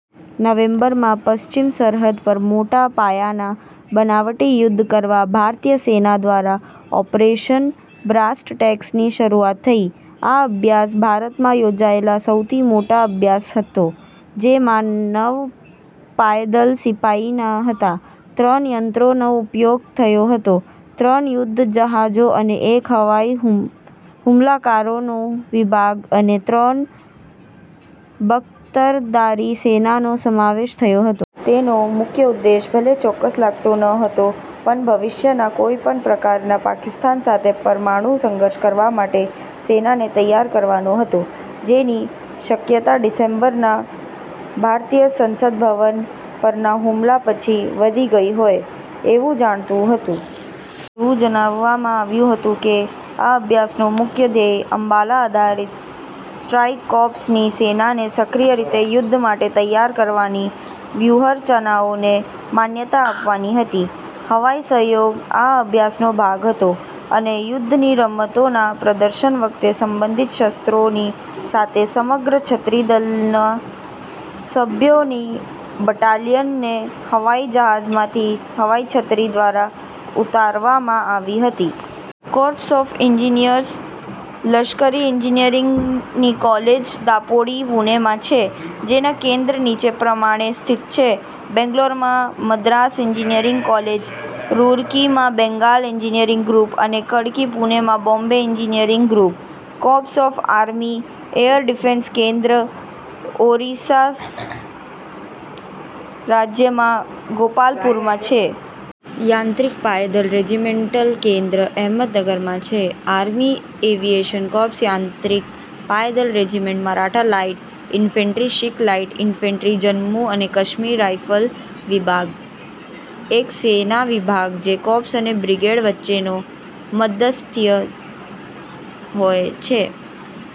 November માં પશ્ચિમ સરહદ પર મોટા પાયાના બનાવટી યુદ્ધ કરવા ભારતીય સેના દ્વારા ઓપરેશન બ્રાસટેકસની શરૂઆત થઈ. આ અભ્યાસ ભારતમાં યોજાયેલ સૌથી મોટો અભ્યાસ હતો, જેમાં નવ પાયદળ સિપાહીના હતા, ત્રણ યંત્રનો ઉપયોગ થયો હતો, ત્રણ યુદ્ધ જહાજો અને એક હવાઈ હુમલાકારનો વિભાગ અને ત્રણ બખ્તરધારી સેનાનો સમાવેશ થયો હતો. તેનો મુખ્ય ઉદ્દેશ ભલે ચોક્કસ લાગતો ન હતો પણ ભવિષ્યના કોઈપણ પ્રકારના પાકિસ્તાન સાથે પરમાણુ સંઘર્ષ કરવા માટે સેનાને તૈયાર કરવાનો હતો, જેની શકયતા ડિસેમ્બરના ભારતીય સંસદભવન પરના હુમલા પછી વધી ગઈ હોય, એવું જણાતું હતું. એવું જણાવવામાં આવ્યું હતું કે આ અભ્યાસનો મુખ્ય ધ્યેય અંબાલા -આધારિત સ્ટ્રાઈક કોર્પ્સની સેનાને સક્રિય રીતે યુદ્ધ માટે તૈયાર કરવાની વ્યુહરચનાઓને માન્યતા આપવાની હતી. હવાઈ સહયોગ આ અભ્યાસનો ભાગ હતો, અને યુદ્ધની રમતોના પ્રદર્શન વખતે સંબંધિત શસ્ત્રોની સાથે સમગ્ર છત્રી દળના સભ્યોની બટાલીયનને હવાઈ જહાજમાંથી હવાઈ છત્રી દ્વારા ઉતારવામાં આવી હતી. કોર્પ્સ ઓફ એન્જીનિયર્સ લશ્કરી એન્જીનિયરીંગની કોલેજ દાપોડી, પૂણેમાં છે. જેના કેન્દ્ર નીચે પ્રમાણે સ્થિત છે બેંગ્લોરમાં મદ્રાસ એન્જીનિયરીંગ કોલેજ, રુરકીમાં બેંગાલ એન્જીનિયર ગ્રુપ, અને ખડકી પૂણેમાં Bombay engineering group. Corps of army air defence કેન્દ્ર ઓરીસ્સા રાજ્યમાં ગોપાલપુરમાં છે. યાંત્રિક પાયદળ રેજીમેન્ટલ કેન્દ્ર અહેમદનગરમાં છે. આર્મી એવીયેશન કોર્પ્સ યાંત્રિક પાયદળ regiment Maratha light infantry Sikh light infantry Jammu અને કાશ્મીર રાઇફલ્સ વિભાગ: એક સેના વિભાગ જે કોર્પ્સ અને બ્રિગેડ વચ્ચેનો મધ્યસ્થી હોય છે.